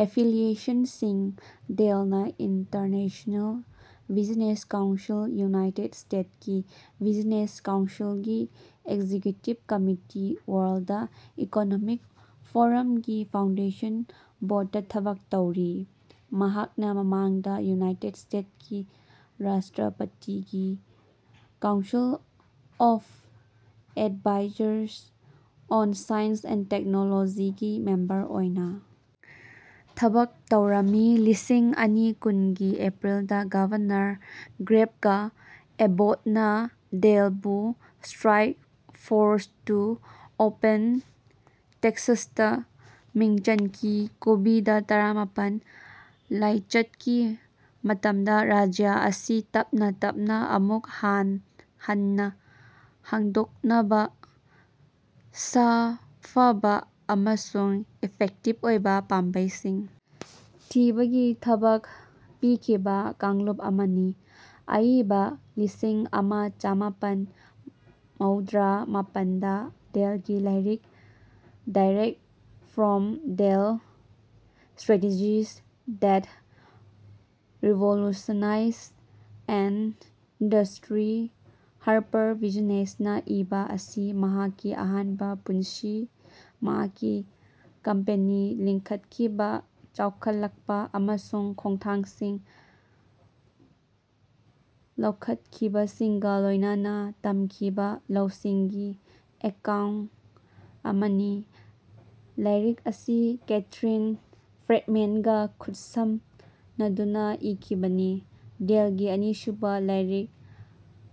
ꯑꯦꯐꯤꯂꯤꯌꯦꯁꯟꯁꯤꯡ ꯗꯦꯜꯅꯥ international business council United state ꯀꯤ business ꯀꯥꯎꯟꯁꯤꯜꯒꯤ ꯑꯦꯛꯖꯤꯀ꯭ꯌꯨꯇꯤꯕ ꯀꯝꯃꯤꯇꯤ ꯋꯥꯔꯜꯗ ꯏꯀꯣꯅꯣꯃꯤꯛ ꯐꯣꯔꯝꯒꯤ ꯐꯥꯎꯟꯗꯦꯁꯟ ꯕꯣꯔꯗꯇꯥ ꯊꯕꯛ ꯇꯧꯔꯤ꯫ ꯃꯍꯥꯛꯅꯥ ꯃꯃꯥꯡꯗꯥ ꯌꯨꯅꯥꯏꯇꯦꯠ ꯁ꯭ꯇꯦꯠꯀꯤ ꯔꯥꯁꯇ꯭ꯔꯄꯇꯤꯒꯤ council of advisers on science and ꯇꯦꯛꯅꯣꯂꯣꯖꯤꯒꯤ ꯃꯦꯝꯕꯔ ꯑꯣꯏꯅꯥ ꯊꯕꯛ ꯇꯧꯔꯝꯃꯤ꯫ ꯂꯤꯁꯤꯡ ꯑꯅꯤ ꯀꯨꯟꯒꯤ ꯑꯦꯄ꯭ꯔꯤꯜꯗꯥ ꯒꯚꯔꯅꯔ ꯒ꯭ꯔꯦꯒ ꯑꯦꯕꯣꯠꯅꯥ ꯗꯦꯜꯕꯨ ꯁ꯭ꯇꯔꯥꯏꯛ ꯐꯣꯔꯁ ꯇꯨ ꯑꯣꯄꯦꯟ ꯇꯦꯛꯁꯥꯁꯇꯥ ꯃꯤꯡ ꯆꯟꯈꯤ ꯀꯣꯕꯤꯗ ꯇꯔꯥꯃꯥꯄꯟ ꯂꯥꯏꯆꯠꯀꯤ ꯃꯇꯝꯗꯥ ꯔꯥꯖ꯭ꯌ ꯑꯁꯤ ꯇꯞꯅꯥ ꯇꯞꯅꯥ ꯑꯃꯨꯛ ꯍꯟꯅꯥ ꯍꯥꯡꯗꯣꯛꯅꯕꯥ ꯁꯥꯐꯕꯥ ꯑꯃꯁꯨꯡ ꯏꯐꯦꯛꯇꯤꯚ ꯑꯣꯏꯕꯥ ꯄꯥꯝꯕꯩꯁꯤꯡ ꯊꯤꯕꯒꯤ ꯊꯕꯛ ꯄꯤꯈꯤꯕꯥ ꯀꯥꯡꯂꯨꯞ ꯑꯃꯅꯤ꯫ ꯑꯏꯕ ꯂꯤꯁꯤꯡ ꯑꯃ ꯆꯃꯥꯄꯟ ꯃꯧꯗ꯭ꯔꯥ ꯃꯥꯄꯟꯗꯥ ꯗꯦꯜꯒꯤ ꯂꯥꯏꯔꯤꯛ direct from Dell strategies That Revolutionize an Industry ꯍꯥꯔꯄꯔꯕꯤꯖꯤꯅꯦꯁꯅꯥ ꯏꯕꯥ ꯑꯁꯤ ꯃꯍꯥꯛꯀꯤ ꯑꯍꯥꯟꯕꯥ ꯄꯨꯟꯁꯤ ꯃꯍꯥꯛꯀꯤ ꯀꯝꯄꯦꯅꯤ ꯂꯤꯡꯈꯠꯈꯤꯕꯥ ꯆꯥꯎꯈꯠꯂꯛꯄꯥ ꯑꯃꯁꯨꯡ ꯈꯣꯡꯊꯥꯡꯁꯤꯡ ꯂꯧꯈꯠꯈꯤꯕꯁꯤꯡꯒꯥ ꯂꯣꯏꯅꯅꯥ ꯇꯝꯈꯤꯕꯥ ꯂꯧꯁꯤꯡꯒꯤ ꯑꯦꯀꯥꯎꯟꯠ ꯑꯃꯅꯤ꯫ ꯂꯥꯏꯔꯤꯛ ꯑꯁꯤ ꯀꯦꯊꯔꯤꯟ ꯐ꯭ꯔꯦꯗꯃꯦꯟꯒꯥ ꯈꯨꯠꯁꯝꯅꯗꯨꯅꯥ ꯏꯈꯤꯕꯅꯤ꯫ ꯗꯦꯜꯒꯤ ꯑꯅꯤꯁꯨꯕꯥ ꯂꯥꯏꯔꯤꯛ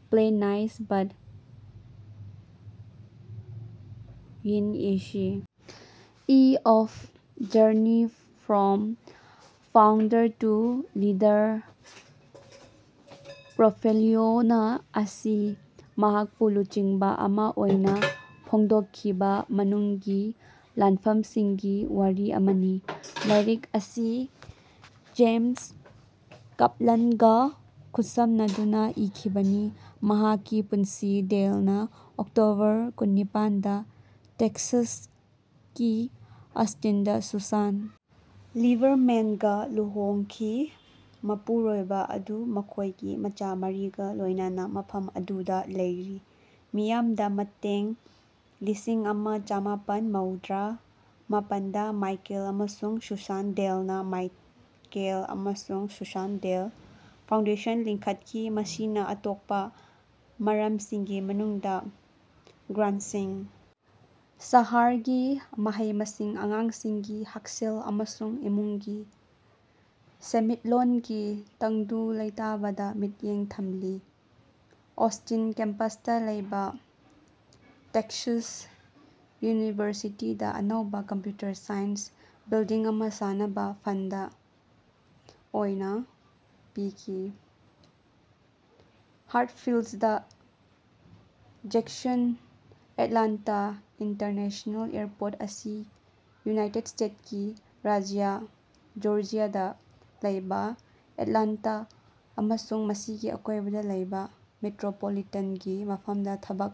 play nice but win a C. E. O's Journey from Founder to Leader ꯄꯣꯔꯠꯐꯣꯂꯤꯑꯣꯅꯥ ꯑꯁꯤ ꯃꯍꯥꯛꯄꯨ ꯂꯨꯆꯤꯡꯕ ꯑꯃꯥ ꯑꯣꯏꯅꯥ ꯐꯣꯡꯗꯣꯛꯈꯤꯕꯥ ꯃꯅꯨꯡꯒꯤ ꯂꯥꯟꯐꯝꯁꯤꯡꯒꯤ ꯋꯥꯔꯤ ꯑꯃꯅꯤ꯫ ꯂꯥꯏꯔꯤꯛ ꯑꯁꯤ ꯖꯦꯝꯁ ꯀꯞꯂꯥꯟꯒꯥ ꯈꯨꯠꯁꯝꯅꯗꯨꯅꯥ ꯏꯈꯤꯕꯅꯤ꯫ ꯃꯍꯥꯛꯀꯤ ꯄꯨꯟꯁꯤ ꯗꯦꯜꯅꯥ ꯑꯣꯛꯇꯣꯕꯔ ꯀꯨꯟꯅꯤꯄꯥꯟ ꯗꯥ ꯇꯦꯛꯁꯥꯁꯀꯤ ꯑꯁꯇꯤꯟꯗꯥ ꯁꯨꯁꯥꯟ ꯂꯤꯕꯔꯃꯦꯟꯒꯥ ꯂꯨꯍꯣꯡꯈꯤ ꯃꯄꯨꯔꯣꯏꯕꯥ ꯑꯗꯨ ꯃꯈꯣꯏꯒꯤ ꯃꯆꯥ ꯃꯔꯤꯒꯥ ꯂꯣꯏꯅꯅꯥ ꯃꯐꯝ ꯑꯗꯨꯗꯥ ꯂꯩꯔꯤ꯫ ꯃꯤꯌꯥꯝꯗ ꯃꯇꯦꯡ ꯂꯤꯁꯤꯡ ꯑꯃ ꯆꯃꯥꯄꯟ ꯃꯧꯗ꯭ꯔꯥ ꯃꯥꯄꯟꯗꯥ ꯃꯥꯏꯀꯦꯜ ꯑꯃꯁꯨꯡ ꯁꯨꯁꯥꯟ ꯗꯦꯜꯅꯥ ꯃꯥꯏꯀꯦꯜ ꯑꯃꯁꯨꯡ ꯁꯨꯁꯥꯟ ꯗꯦꯜ ꯐꯥꯎꯟꯗꯦꯁꯟ ꯂꯤꯡꯈꯠꯈꯤ ꯃꯁꯤꯅꯥ ꯑꯇꯣꯞꯄꯥ ꯃꯔꯝꯁꯤꯡꯒꯤ ꯃꯅꯨꯡꯗꯥ ꯒ꯭ꯔꯥꯟꯠꯁꯤꯡ ꯁꯍꯔꯒꯤ ꯃꯍꯩ ꯃꯁꯤꯡ ꯑꯉꯥꯡꯁꯤꯡꯒꯤ ꯍꯛꯁꯦꯜ ꯑꯃꯁꯨꯡ ꯏꯃꯨꯡꯒꯤ ꯁꯦꯟꯃꯤꯠꯂꯣꯟꯒꯤ ꯇꯪꯗꯨ ꯂꯩꯇꯥꯕꯗꯥ ꯃꯤꯠꯌꯦꯡ ꯊꯝꯂꯤ꯫ ꯑꯣꯁꯇꯤꯟ ꯀꯦꯝꯄꯁꯇꯥ ꯂꯩꯕꯥ ꯇꯦꯛꯁꯥꯁ ꯌꯨꯅꯤꯚꯔꯁꯤꯇꯤꯗꯥ ꯑꯅꯧꯕꯥ ꯀꯝꯄ꯭ꯌꯨꯇꯔ ꯁꯥꯏꯟꯁ ꯕꯤꯜꯗꯤꯡ ꯑꯃꯥ ꯁꯥꯅꯕꯥ ꯐꯟꯗ ꯑꯣꯏꯅꯥ ꯄꯤꯈꯤ꯫ Hartsfield Jackson Atlanta International Airport ꯑꯁꯤ ꯌꯨꯅꯥꯏꯇꯦꯠ ꯁ꯭ꯇꯦꯠꯀꯤ ꯔꯥꯖ꯭ꯌ ꯖꯣꯔꯖ꯭ꯌꯥꯗ ꯂꯩꯕ ꯑꯦꯠꯂꯥꯟꯇ ꯑꯃꯁꯨꯡ ꯃꯁꯤꯒꯤ ꯑꯀꯣꯏꯕꯗ ꯂꯩꯕ ꯃꯦꯇ꯭ꯔꯣꯄꯣꯂꯤꯇꯥꯟꯒꯤ ꯃꯐꯝꯗ ꯊꯕꯛ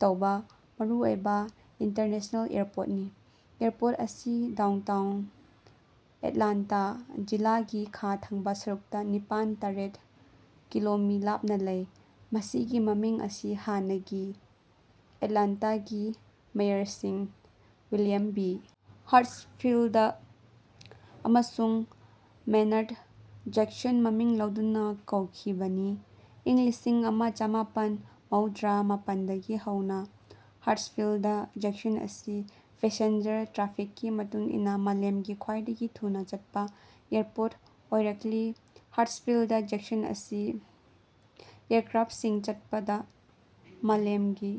ꯇꯧꯕ ꯃꯔꯨꯑꯣꯏꯕ ꯏꯟꯇꯔꯅꯦꯁꯅꯦꯜ ꯑꯦꯌꯔꯄꯣꯔ꯭ꯠꯅꯤ꯫ ꯑꯦꯌꯔꯄꯣꯔꯠ ꯑꯁꯤ ꯗꯥꯎꯟꯇꯥꯎꯟ ꯑꯦꯠꯂꯥꯟꯇꯥ ꯖꯤꯂꯥꯒꯤ ꯈꯥ ꯊꯪꯕ ꯁꯔꯨꯛꯇ ꯅꯤꯄꯥꯟ ꯇꯔꯦꯠ ꯀꯤꯂꯣꯃꯤ ꯂꯥꯞꯅ ꯂꯩ꯫ ꯃꯁꯤꯒꯤ ꯃꯃꯤꯡ ꯑꯁꯤ ꯍꯥꯟꯅꯒꯤ ꯑꯦꯠꯂꯥꯟꯇꯥꯒꯤ ꯃꯦꯌꯔꯁꯤꯡ ꯋꯤꯂꯤꯌꯝ ꯕꯤ. ꯍꯥꯔ꯭ꯠꯁꯐꯤꯜꯗ ꯑꯃꯁꯨꯡ ꯃꯦꯅꯥꯔ꯭ꯗ ꯖꯦꯛꯁꯟ ꯃꯃꯤꯡ ꯂꯧꯗꯨꯅ ꯀꯧꯈꯤꯕꯅꯤ꯫ ꯏꯪ ꯂꯤꯁꯤꯡ ꯑꯃ ꯆꯃꯥꯄꯟ ꯃꯧꯗ꯭ꯔꯥ ꯃꯥꯄꯟꯗꯒꯤ ꯍꯧꯅ ꯍꯥꯔꯠꯁꯐꯤꯜꯗ ꯖꯦꯛꯁꯟ ꯑꯁꯤ ꯄꯦꯁꯦꯟꯖꯔ ꯇ꯭ꯔꯥꯐꯤꯛꯀꯤ ꯃꯇꯨꯡ ꯏꯟꯅ ꯃꯥꯂꯦꯝꯒꯤ ꯈ꯭ꯋꯥꯏꯗꯒꯤ ꯊꯨꯅ ꯆꯠꯄ ꯑꯦꯌꯔꯄꯣꯔ꯭ꯠ ꯑꯣꯏꯔꯛꯂꯤ꯫ ꯍꯥꯔꯠꯁꯐꯤꯜꯗ ꯖꯦꯛꯁꯟ ꯑꯁꯤ ꯑꯦꯌꯔꯀ꯭ꯔꯥꯐꯁꯤꯡ ꯆꯠꯄꯗ ꯃꯥꯂꯦꯝꯒꯤ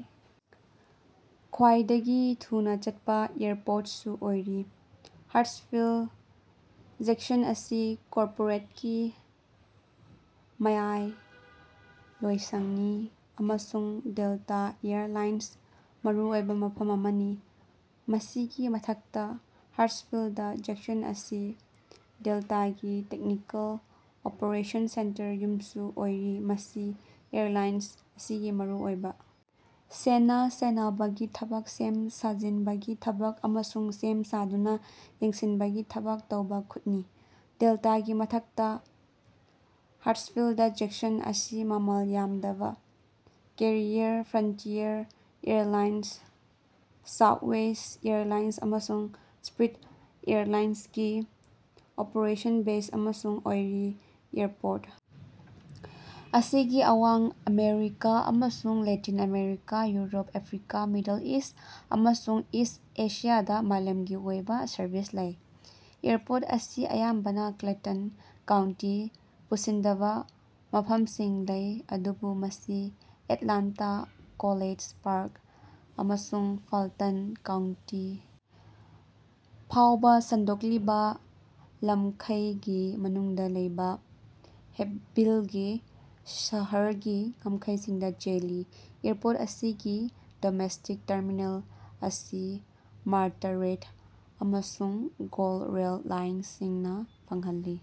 ꯈ꯭ꯋꯥꯏꯗꯒꯤ ꯊꯨꯅ ꯆꯠꯄ ꯑꯦꯌꯔꯄꯣꯔ꯭ꯠꯁꯨ ꯑꯣꯏꯔꯤ꯫ ꯍꯥꯔꯠꯁꯐꯤꯜ ꯖꯦꯛꯁꯟ ꯑꯁꯤ ꯀꯣꯔꯄꯣꯔꯦꯠꯀꯤ ꯃꯌꯥꯏꯂꯣꯏꯁꯪꯅꯤ ꯑꯃꯁꯨꯡ ꯗꯦꯜꯇꯥ ꯑꯦꯌꯔ ꯂꯥꯏꯟꯁ ꯃꯔꯨꯑꯣꯏꯕ ꯃꯐꯝ ꯑꯃꯅꯤ꯫ ꯃꯁꯤꯒꯤ ꯃꯊꯛꯇ ꯍꯥꯔꯠꯁꯐꯤꯜꯗ ꯖꯦꯛꯁꯟ ꯑꯁꯤ ꯗꯦꯜꯇꯥꯒꯤ ꯇꯦꯛꯅꯤꯀꯦꯜ ꯑꯣꯄꯔꯦꯁꯟ ꯁꯦꯟꯇꯔ ꯌꯨꯝꯁꯨ ꯑꯣꯏꯔꯤ ꯃꯁꯤ ꯑꯦꯔꯂꯥꯏꯟ ꯑꯁꯤꯒꯤ ꯃꯔꯨ ꯑꯣꯏꯕ ꯁꯦꯟꯅ ꯁꯦꯟꯅꯕꯒꯤ ꯊꯕꯛ ꯁꯦꯝ ꯁꯥꯖꯤꯟꯕꯒꯤ ꯊꯕꯛ ꯑꯃꯁꯨꯡ ꯁꯦꯝ ꯁꯥꯗꯨꯅ ꯌꯦꯡꯁꯤꯟꯕꯒꯤ ꯊꯕꯛ ꯇꯧꯕ ꯈꯨꯠꯅꯤ꯫ ꯗꯦꯜꯇꯥꯒꯤ ꯃꯊꯛꯇ ꯍꯥꯔꯠꯁꯐꯤꯜꯗ ꯖꯦꯛꯁꯟ ꯑꯁꯤ ꯃꯃꯜ ꯌꯥꯝꯗꯕ carrier Frontier Airlines Southwest Airlines ꯑꯃꯁꯨꯡ ꯁ꯭ꯄꯤꯔꯠ ꯑꯦꯔꯂꯥꯏꯟꯒꯤ ꯑꯣꯄꯔꯦꯁꯟ ꯕꯦꯖ ꯑꯃꯁꯨ ꯑꯣꯏꯔꯤ꯫ ꯑꯦꯌꯔꯄꯣꯔ꯭ꯠ ꯑꯁꯤꯒꯤ ꯑꯋꯥꯡ ꯑꯃꯦꯔꯤꯀꯥ ꯑꯃꯁꯨꯡ Latin America Europe Africa Middle East ꯑꯃꯁꯨꯡ ꯏꯁꯠ ꯑꯦꯁꯤꯌꯥꯗ ꯃꯥꯂꯦꯝꯒꯤ ꯑꯣꯏꯕ ꯁꯔꯕꯤꯁ ꯂꯩ꯫ ꯑꯦꯌꯔꯄꯣꯔ꯭ꯠ ꯑꯁꯤ ꯑꯌꯥꯝꯕꯅ ꯀ꯭ꯂꯦꯇꯟ ꯀꯥꯎꯟꯇꯤ ꯄꯨꯟꯁꯤꯟꯗꯕ ꯃꯐꯝꯁꯤꯡ ꯂꯩ ꯑꯗꯨꯕꯨ ꯃꯁꯤ ꯑꯦꯠꯂꯥꯟꯇꯥ ꯀꯣꯂꯦꯖ ꯄꯥꯔꯛ ꯑꯃꯁꯨꯡ ꯐꯜꯇꯟ ꯀꯥꯎꯟꯇꯤ ꯐꯥꯎꯕ ꯁꯟꯗꯣꯛꯂꯤꯕ ꯂꯝꯈꯩꯒꯤ ꯃꯅꯨꯡꯗ ꯂꯩꯕ ꯍꯦꯞꯚꯤꯜꯒꯤ ꯁꯍꯔꯒꯤ ꯉꯝꯈꯩꯁꯤꯡꯗ ꯆꯦꯜꯂꯤ꯫ ꯑꯦꯌꯔꯄꯣꯔ꯭ꯠ ꯑꯁꯤꯒꯤ ꯗꯣꯃꯦꯁꯇꯤꯛ ꯇꯔꯃꯤꯅꯦꯜ ꯑꯁꯤ ꯃꯥꯔꯇꯥ ꯔꯦꯗ ꯑꯃꯁꯨꯡ ꯒꯣꯜꯗ ꯔꯦꯜ ꯂꯥꯏꯟꯁꯤꯡꯅ ꯐꯪꯍꯜꯂꯤ꯫